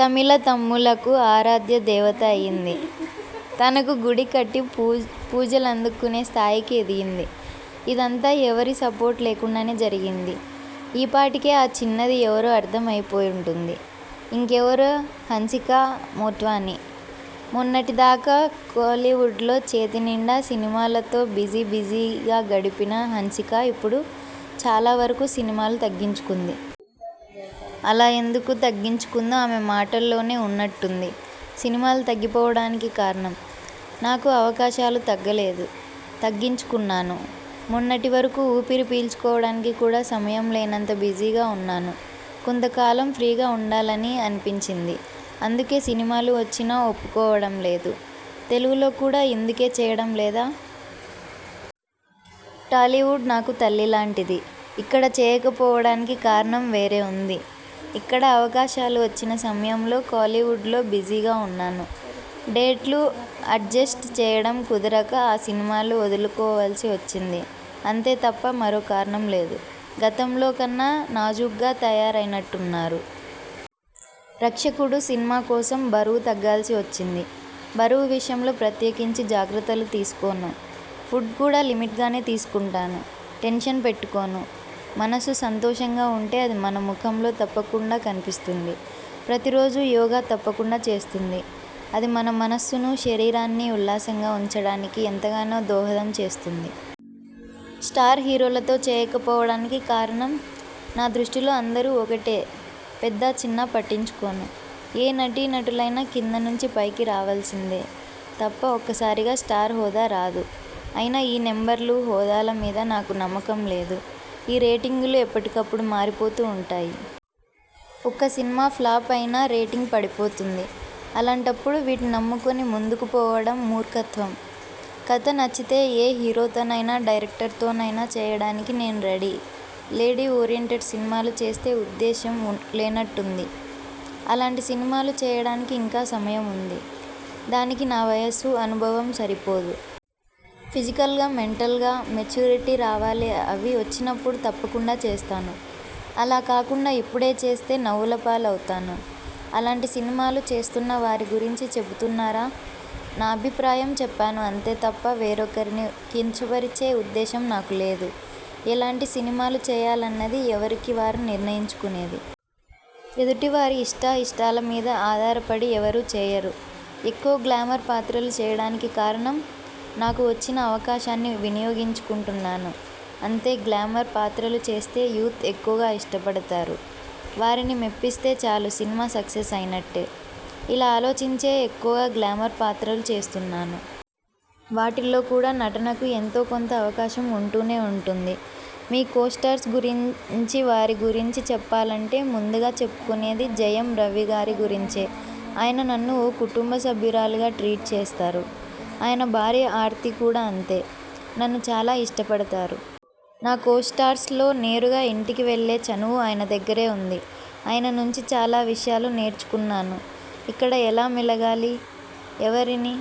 తమిళ తమ్ముళ్ళకు ఆరాధ్య దేవత అయింది. తనకు గుడి కట్టి పూ పూజలందుకునే స్థాయికి ఎదిగింది. ఇదంతా ఎవరి సపోర్ట్ లేకుండానే జరిగింది. ఈ పాటికే ఆ చిన్నది ఎవరో అర్థమైపోయి ఉంటుంది. ఇంకెవరు హన్సికా మోట్వాని. మొన్నటి దాకా కోలీవుడ్లో చేతినిండా సినిమాలతో బిజి బిజీగా గడిపిన హన్సిక ఇప్పుడు చాలా వరకూ సినిమాలు తగ్గించుకుంది. అలా ఎందుకు తగ్గించుకుందో ఆమె మాటల్లోనేఉన్నట్టుండి సినిమాలు తగ్గిపోవడానికి కారణం? నాకు అవకాశాలు తగ్గలేదు. తగ్గించుకున్నాను. మొన్నటి వరకూ ఊపిరి పీల్చుకోవడానికి కూడా సమయం లేనంత బిజీగా ఉన్నాను. కొంతకాలం ఫ్రీగా ఉండాలని అనిపించింది. అందుకే సినిమాలు వచ్చినా ఒప్పుకోవడంలేదు. తెలుగులో కూడా ఇందుకే చేయడం లేదా? టాలీవుడ్ నాకు తల్లి లాంటిది. ఇక్కడ చేయకపోవడానికి కారణం వేరే ఉంది. ఇక్కడ అవకాశాలు వచ్చిన సమయంలో కోలీవుడ్లో బిజీగా ఉన్నాను. డేట్లు అడ్జస్ట్ చేయడం కుదరక ఆ సినిమాలు వదులుకోవలసి వచ్చింది అంతే తప్ప మరో కారణం లేదు. గతంలో కన్నా నాజూగ్గా తయారైనట్టున్నారు? 'రక్షకుడు' సినిమా కోసం బరువు తగ్గాల్సి వచ్చింది. బరువు విషయంలో ప్రత్యేకించి జాగ్రత్తలు తీసుకోను. ఫుడ్ కూడా లిమిట్గానే తీసుకుంటాను. టెన్షన్ పెట్టుకోను. మనస్సు సంతోషంగా ఉంటే అది మన ముఖంలో తప్పకుండా కనిపిస్తుంది. ప్రతి రోజూ యోగా తప్పకుండా చేస్తుంది. అది మన మనస్సునూ, శరీరాన్ని ఉల్లాసంగా ఉంచడానికి ఎంతగానో దోహదం చేస్తుంది. స్టార్ హీరోలతో చేయకపోవడానికి కారణం? నా దృష్టిలో అందరూ ఒకటే పెద్దా చిన్నా పట్టించుకోను. ఏ నటీ నటులైనా కింద నుంచి పైకి రావలసిందే తప్ప ఒక్కసారిగా స్టార్ హోదా రాదు. అయినా ఈ నెంబర్లు, హోదాల మీద నాకు నమ్మకం లేదు. ఈ రేటింగులు ఎప్పటికప్పుడు మారిపోతూ ఉంటాయి. ఒక్క సినిమా ఫ్లాప్ అయినా రేటింగ్ పడిపోతుంది. అలాంటప్పుడు వీటిని నమ్ముకుని ముందుకు పోవడం మూర్ఖత్వం. కథ నచ్చితే ఏ హీరోతోనైనా, డైరక్టర్తోనైనా చేయడానికి నేను రెడీ లేడీ ఓరియెంటెడ్ సినిమాలు చెస్తే ఉద్దేశ్యం లేనట్టుంది? అలాంటి సినిమాలు చేయడానికి ఇంకా సమయముంది. దానికి నా వయసు, అనుభవం సరిపోదు. ఫిజికల్గా, మెంటల్గా మెచ్యూరిటీ రావాలి అవి వచ్చినప్పుడు తప్పకుండా చేస్తాను. అలా కాకుండా ఇప్పుడే చేస్తే నవ్వుల పాలు అవుతాను. అలాంటి సినిమాలు చేస్తున్న వారి గురించి చెబుతున్నారా? నా అభిప్రాయం చెప్పాను అంతే తప్ప వేరొకరిని కించపరిచే ఉద్దేశం నాకు లేదు. ఎలాంటి సినిమాలు చేయాలన్నది ఎవరికి వారు నిర్ణయించుకునేది. ఎదుటి వారి ఇష్టాఇష్టాల మీద ఆధారపడి ఎవరూ చేయరు. ఎక్కువ గ్లామర్ పాత్రలు చేయడానికి కారణం? నాకు వచ్చిన అవకాశాన్ని వినియోగించుకుంటున్నాను అంతే గ్లామర్ పాత్రలు చేస్తే యూత్ ఎక్కువగా ఇష్టపడతారు. వారిని మెప్పిస్తే చాలు సినిమా సక్సెస్ అయినట్టే! ఇలా ఆలోచించే ఎక్కువగా గ్లామర్ పాత్రలు చేస్తున్నాను. వాటిల్లో కూడా నటనకు ఎంతో కొంత అవకాశం ఉంటూనే ఉంటుంది. మీ కోస్టార్స్ గురించివారి గురించి చెప్పాలంటే ముందుగా చెప్పుకునేది జయం రవిగారి గురించే ఆయన నన్ను ఓ కుటుంబ సభ్యురాలిగా ట్రీట్ చేస్తారు. ఆయన భార్య ఆర్తి కూడా అంతే! నన్ను చాలా ఇష్టపడతారు. నా కో స్టార్స్లో నేరుగా ఇంటికి వెళ్ళే చనువు ఆయన దగ్గరే ఉంది. ఆయన నుంచి చాలా విషయాలు నేర్చుకున్నాను. ఇక్కడ ఎలా మెలగాలి? ఎవరిని